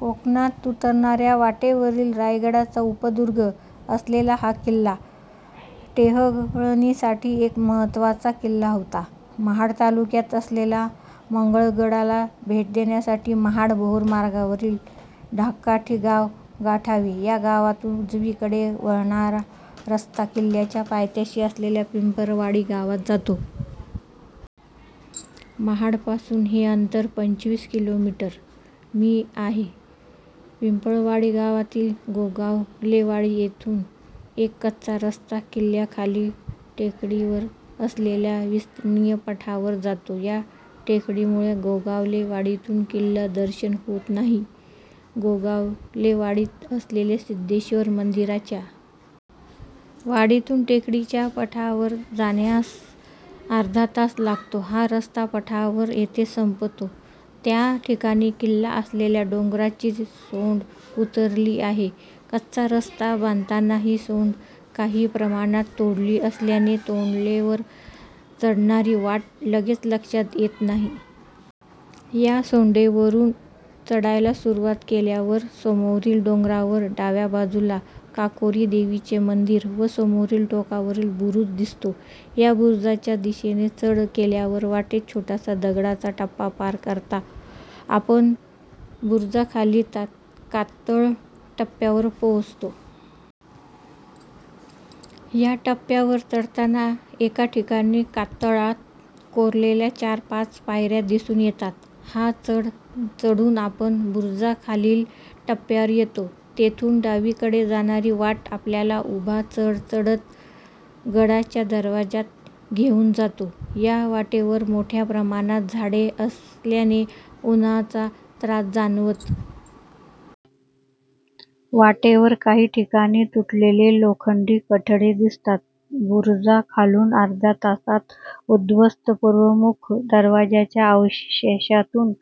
कोकणात उतरणाऱ्या वाटेवरील रायगडचा उपदुर्ग असलेला हा किल्ला टेहळणीसाठी एक महत्वाचा किल्ला होता. महाड तालुक्यात असलेल्या मंगळगडला भेट देण्यासाठी महाड भोर मार्गावरील ढालकाठी गाव गाठावे. या गावातुन उजवीकडे वळणारा रस्ता किल्ल्याच्या पायथ्याशी असलेल्या पिंपळवाडी गावात जातो. महाडपासून हे अंतर पंचवीस किलोमीटर. मी. आहे. पिंपळवाडी गावातील गोगावलेवाडी येथुन एक कच्चा रस्ता किल्ल्याखालील टेकडीवर असलेल्या विस्तीर्ण पठारावर जातो. या टेकडीमुळे गोगावले वाडीतुन किल्लादर्शन होत नाही. गोगावले वाडीत असलेल्या सिध्देश्वर मंदिराच्या मागील बाजूस विरगळ व प्राचीन मुर्ती पहायला मिळतात. वाडीतून टेकडीच्या पठारावर जाण्यास अर्धा तास लागतो. हा रस्ता पठारावर जेथे संपतो त्या ठिकाणी किल्ला असलेल्या डोंगराची सोंड उतरली आहे. कच्चा रस्ता बांधताना हि सोंड काही प्रमाणात तोडली असल्याने सोंडेवर चढणारी वाट लगेच लक्षात येत नाही. या सोंडेवरून चढायला सुरवात केल्यावर समोरील डोंगरावर डाव्या बाजुला कांगोरी देवीचे मंदीर व समोर टोकावरील बुरुज दिसतो. या बुरुजाच्या दिशेने चढत गेल्यावर वाटेत छोटासा दगडांचा टप्पा पार करत आपण बुरुजाखालील कातळ टप्प्यावर पोहोचतो. या टप्प्यावर चढताना एका ठिकाणी कातळात कोरलेल्या चार-पाच पायऱ्या दिसुन येतात. हा चढ चढुन आपण बुरुजाखालील टप्प्यावर येतो. येथुन डावीकडे जाणारी वाट आपल्याला उभा चढ चढत गडाच्या दरवाजात घेऊन जाते. या वाटेवर मोठया प्रमाणात झाडे असल्याने उन्हाचा त्रास जाणवत नाही. वाटेवर काही ठिकाणी तुटलेले लोखंडी कठडे दिसतात. बुरुजाखालुन अर्ध्या तासात उध्वस्त पुर्वाभिमुख दरवाजाच्या अवशेषातुन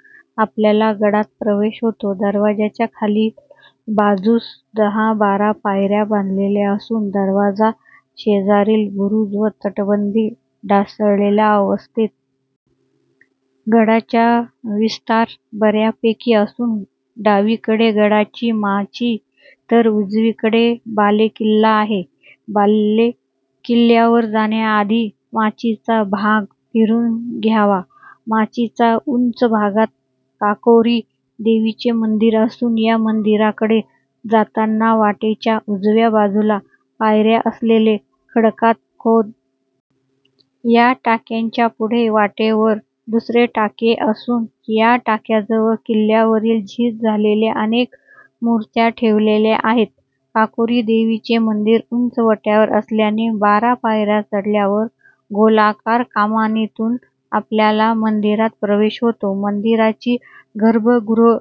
आपला गडात प्रवेश होतो. दरवाजाच्या खालील बाजूस दहाबारा पायऱ्या बांधलेल्या असुन दरवाजा शेजारील बुरुज व तटबंदी ढासळलेल्या अवस्थेत आहेत. गडाचा विस्तार बऱ्यापैकी असुन डावीकडे गडाची माची तर उजवीकडे बालेकिल्ला आहे. बालेकिल्ल्यावर जाण्याआधी माचीचा भाग फिरून घ्यावा. माचीच्या उंच भागात कांगोरी देवीचे मंदीर असुन या मंदिराकडे जाताना वाटेच्या उजव्या बाजुला पायऱ्या असलेले खडकात खोदलेले टाके पहायला मिळते. या टाक्याच्या पुढे वाटेवरच दुसरे टाके असुन या टाक्याजवळ किल्ल्यावरील झीज झालेल्या अनेक मुर्त्या ठेवल्या आहेत. कांगोरी देवीचे मंदीर उंचवट्यावर असल्याने बारा पायऱ्या चढल्यावर गोलाकार कमानीतुन आपला मंदिरात प्रवेश होतो. मंदिराची गर्भगृह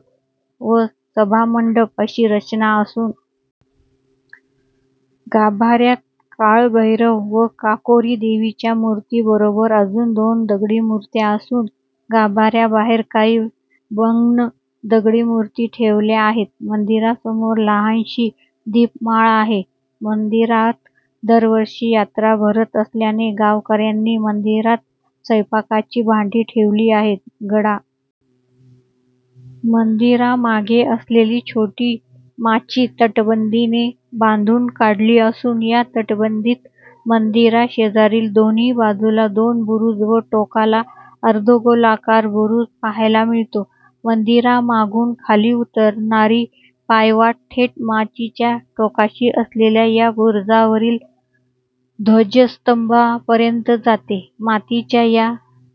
व सभामंडप अशी रचना असुन सभामंडपावरील छत कोसळलेले आहे. गाभाऱ्यात काळभैरव व कांगोरीदेवीच्या मुर्तीबरोबर अजुन दोन दगडी मूर्त्या असुन गाभाऱ्याबाहेर काही भग्न दगडी मुर्ती ठेवल्या आहेत. मंदीरासमोर लहानशी दीपमाळ आहे. मंदिरात दरवर्षी यात्रा भरत असल्याने गावकऱ्यानी मंदिरात स्वयंपाकाची भांडी ठेवली आहेत. गडावर रहायचे झाल्यास पावसाळा सोडुन येथे रहाता येईल. मंदिरामागे असलेली छोटी माची तटबंदीने बांधुन काढली असुन या तटबंदीत मंदिराशेजारी दोन्ही बाजुला दोन बुरुज व टोकाला अर्धगोलाकार बुरुज पहायला मिळतो. मंदिरामागुन खाली उतरणारी पायवाट थेट माचीच्या टोकाशी असलेल्या या बुरुजावरील ध्वजस्तंभापर्यंत जाते. माचीच्या या टोकावरुन जावळीच्या खोऱ्यातील दूरवरच्या--